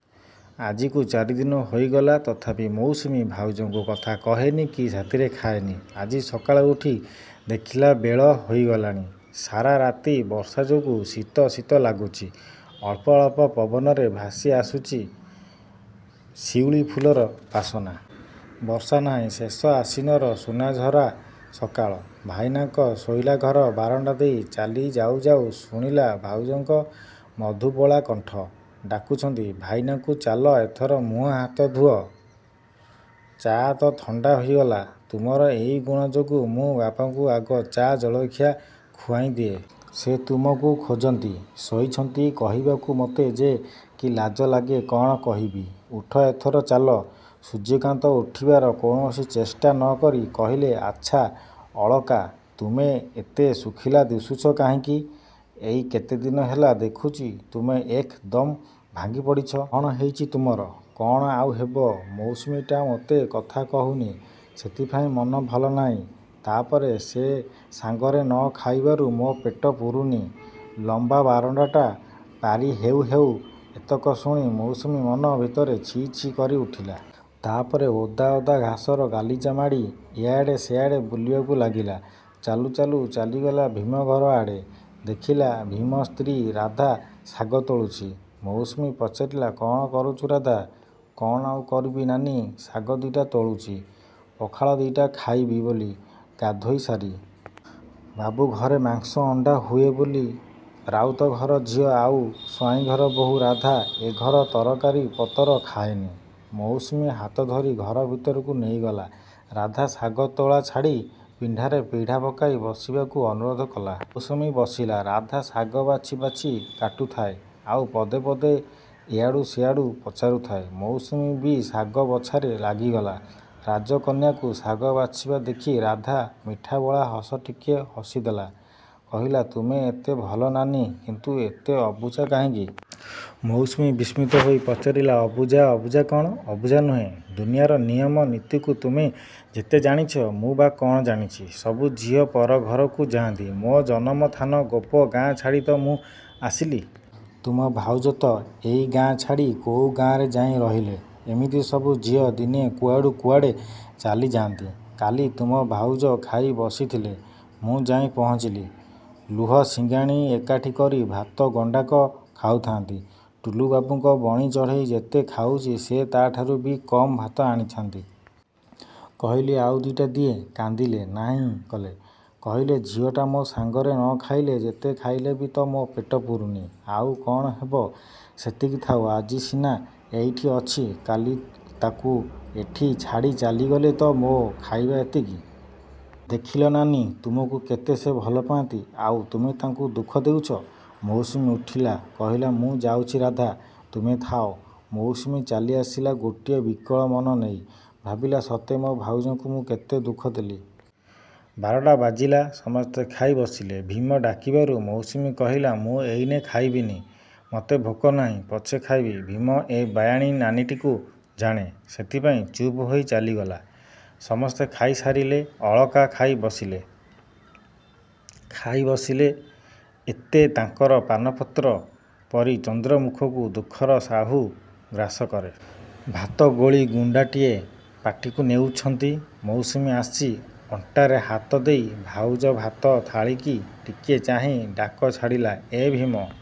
ଆଜିକୁ ଚାରି ଦିନ ହୋଇଗଲା। ତଥାପି ମୌସୁମୀ ଭାଉଜଙ୍କୁ କଥା କହେନି କି ସାଥିରେ ଖାଏନି। ଆଜି ସକାଳୁ ଉଠି ଦେଖିଲା, ବେଳ ହୋଇଗଲାଣି। ସାରା ରାତି ବର୍ଷା ଯୋଗୁ ଶୀତ ଶୀତ ଲାଗୁଛି। ଅଳ୍ପ ଅଳ୍ପ ପବନରେ ଭାସି ଆସୁଛି ଶିଉଳୀ ଫୁଲର ବାସନା। ବର୍ଷା ନାହିଁ। ଶେଷ ଆଶ୍ୱିନର ସୁନାଝରା ସକାଳ। ଭାଇନାଙ୍କ ଶୋଇଲା ଘର ବାରଣ୍ଡା ଦେଇ ଚାଲି ଯାଉ ଯାଉ ଶୁଣିଲା ଭାଉଜଙ୍କ ମଧୁବୋଳା କଣ୍ଠ। ଡାକୁଛନ୍ତି ଭାଇନାଙ୍କୁ ଚାଲ ଏଥର ମୁହଁ ହାତ ଧୁଅ। ଚା ତ ଥଣ୍ଡା ହୋଇଗଲା। ତୁମର ଏଇ ଗୁଣ ଯୋଗୁଁ ମୁଁ ବାପାଙ୍କୁ ଆଗ ଚା ଜଳଖିଆ ଖୁଆଇ ଦିଏ। ସେ ତୁମକୁ ଖୋଜନ୍ତି। ଶୋଇଛନ୍ତି କହିବାକୁ ମୋତେ ଯେ କି ଲାଜ ଲାଗେ କ'ଣ କହିବି। ଉଠ, ଏଥର ଚାଲ। ସୂର୍ଯ୍ୟକାନ୍ତ ଉଠିବାର କୌଣସି ଚେଷ୍ଟା ନ କରି କହିଲେ ଆଚ୍ଛା ଅଳକା, ତୁମେ ଏତେ ଶୁଖିଲା ଦିଶୁଛ କାହିଁକି? ଏଇ କେତେଦିନ ହେଲା ଦେଖୁଛି ତୁମେ ଏକ୍ ଦମ ଭାଙ୍ଗି ପଡ଼ିଛ। କ'ଣ ହୋଇଛି ତୁମର! କ'ଣ ଆଉ ହେବ। ମୌସୁମୀଟା ମୋତେ କଥା କହୁନି। ସେଥିପାଇଁ ମନ ଭଲ ନାହିଁ। ତା' ପରେ ସେ ସାଙ୍ଗରେ ନ ଖାଇବାରୁ ମୋ ପେଟ ପୁରୁନି। ଲମ୍ବା ବାରଣ୍ଡାଟା ପାରି ହେଉ ହେଉ ଏତକ ଶୁଣି ମୌସୁମୀ ମନ ଭିତରେ ଛି ଛି କରି ଉଠିଲା। ତା' ପରେ ଓଦା ଓଦା ଘାସର ଗାଲିଚା ମାଡ଼ି ଏଆଡ଼େ ସେଆଡ଼େ ବୁଲିବାକୁ ଲାଗିଲା। ଚାଲୁ ଚାଲୁ ଚାଲିଗଲା ଭୀମ ଘର ଆଡ଼େ। ଦେଖିଲା ଭୀମ ସ୍ତ୍ରୀ ରାଧା ଶାଗ ତୋଳୁଛି। ମୌସୁମୀ ପଚାରିଲା କ'ଣ କରୁଛୁ ରାଧା? କ'ଣ ଆଉ କରିବି ନାନୀ, ଶାଗ ଦିଟା ତୋଳୁଛି, ପଖାଳ ଦିଟା ଖାଇବି ବୋଲି ଗାଧୋଇ ସାରି। ବାବୁ ଘରେ ମାଂସ ଅଣ୍ଡା ହୁଏ ବୋଲି ରାଉତ ଘର ଝିଅ ଆଉ ସ୍ୱାଇଁ ଘର ବୋହୂ ରାଧା ଏ ଘର ତରକାରୀ ପତର ଖାଏନି। ମୌସୁମୀ ହାତ ଧରି ଘର ଭିତରକୁ ନେଇଗଲା ରାଧା ଶାଗ ତୋଳା ଛାଡ଼ି। ପିଣ୍ଡାରେ ପିଢ଼ା ପକାଇ ବସିବାକୁ ଅନୁରୋଧ କଲା। ମୌସୁମୀ ବସିଲା। ରାଧା ଶାଗ ବାଛି ବାଛି କାଟୁଥାଏ, ଆଉ ପଦେ ପଦେ ଏଆଡ଼ୁ ସେଆଡ଼ୁ ପଚାରୁଥାଏ। ମୌସୁମୀ ବି ଶାଗ ବଛାରେ ଲାଗିଗଲା। ରାଜକନ୍ୟାକୁ ଶାଗ ବାଛିବା ଦେଖି ରାଧା ମିଠାବୋଳା ହସ ଟିକିଏ ହସିଦେଲା। କହିଲା ତୁମେ ଏତେ ଭଲ ନାନୀ କିନ୍ତୁ ଏତେ ଅବୁଝା କାହିଁକି? ମୌସୁମୀ ବିସ୍ମିତ ହୋଇ ପଚାରିଲା ଅବୁଝା, ଅବୁଝା କ'ଣ? ଅବୁଝା ନୁହେଁ? ଦୁନିଆର ନିୟମ ନୀତିକୁ ତୁମେ ଯେତେ ଜାଣିଛ ମୁଁ ବା କ'ଣ ଜାଣିଛି। ସବୁ ଝିଅ ପର ଘରକୁ ଯାଆନ୍ତି। ମୋ ଜନମ ଥାନ ଗୋପ ଗାଁ ଛାଡ଼ି ତ ମୁଁ ଆସିଲି। ତୁମ ଭାଉଜ ତ ଏଇ ଗାଁ ଛାଡ଼ି କୋଉ ଗାଁରେ ଯାଇ ରହିଲେ। ଏମିତି ସବୁ ଝିଅ ଦିନେ କୁଆଡ଼ୁ କୁଆଡ଼େ ଚାଲିଯାଆନ୍ତି। କାଲି ତୁମ ଭାଉଜ ଖାଇ ବସିଥିଲେ ମୁଁ ଯାଇ ପହଞ୍ଚିଲି। ଲୁହ ସିଙ୍ଗାଣି ଏକାଠି କରି ଭାତ ଗଣ୍ଡାକ ଖାଉଥାନ୍ତି। ଟୁଲୁବାବୁଙ୍କ ବଣି ଚଢ଼େଇ ଯେତେ ଖାଉଛି ସେ ତା'ଠାରୁ ବି କମ୍ ଭାତ ଆଣିଥାନ୍ତି। କହିଲି ଆଉ ଦିଟା ଦିଏ। କାନ୍ଦିଲେ, ନାହିଁ କଲେ। କହିଲେ ଝିଅଟା ମୋ ସାଙ୍ଗରେ ନ ଖାଇଲେ ଯେତେ ଖାଇଲେ ବି ତ ମୋ ପେଟ ପୁରୁନି। ଆଉ କ'ଣ ହେବ। ସେତିକି ଥାଉ। ଆଜି ସିନା ଏଇଠି ଅଛି, କାଲି ତାକୁ ଏଠି ଛାଡ଼ି ଚାଲିଗଲେ ତ ମୋ ଖାଇବା ଏତିକି। ଦେଖିଲ ନାନୀ ତୁମକୁ କେତେ ସେ ଭଲ ପାଆନ୍ତି, ଆଉ ତୁମେ ତାଙ୍କୁ ଦୁଃଖ ଦେଉଛ? ମୌସୁମୀ ଉଠିଲା, କହିଲା ମୁଁ ଯାଉଛି ରାଧା, ତୁମେ ଥାଅ। ମୌସୁମୀ ଚାଲିଆସିଲା ଗୋଟିଏ ବିକଳ ମନ ନେଇ। ଭାବିଲା ସତେ ମୋ ଭାଉଜଙ୍କୁ ମୁଁ କେତେ ଦୁଃଖ ଦେଲି। ବାରଟା ବାଜିଲା। ସମସ୍ତେ ଖାଇ ବସିଲେ। ଭୀମ ଡାକିବାରୁ ମୌସୁମୀ କହିଲା ମୁଁ ଏଇନେ ଖାଇବିନି। ମତେ ଭୋକ ନାହିଁ, ପଛେ ଖାଇବି। ଭୀମ ଏ ବାୟାଣୀ ନାନୀଟିକୁ ଜାଣେ। ସେଥିପାଇଁ ଚୁପ୍ ହୋଇ ଚାଲିଗଲା। ସମସ୍ତେ ଖାଇ ସାରିଲେ, ଅଳକା ଖାଇ ବସିଲେ। ଖାଇ ବସିଲେ ଏତେ ତାଙ୍କର ପାନପତ୍ର ପରି ଚନ୍ଦ୍ରମୁଖକୁ ଦୁଃଖର ରାହୁ ଗ୍ରାସ କରେ। ଭାତ ଗୋଳି ଗୁଣ୍ଡାଟିଏ ପାଟିକୁ ନେଉଛନ୍ତି, ମୌସୁମୀ ଆସି ଅଣ୍ଟାରେ ହାତ ଦେଇ ଭାଉଜ ଭାତ ଥାଳିକି ଟିକିଏ ଚାହିଁ ଡାକ ଛାଡ଼ିଲା ଏ ଭୀମ!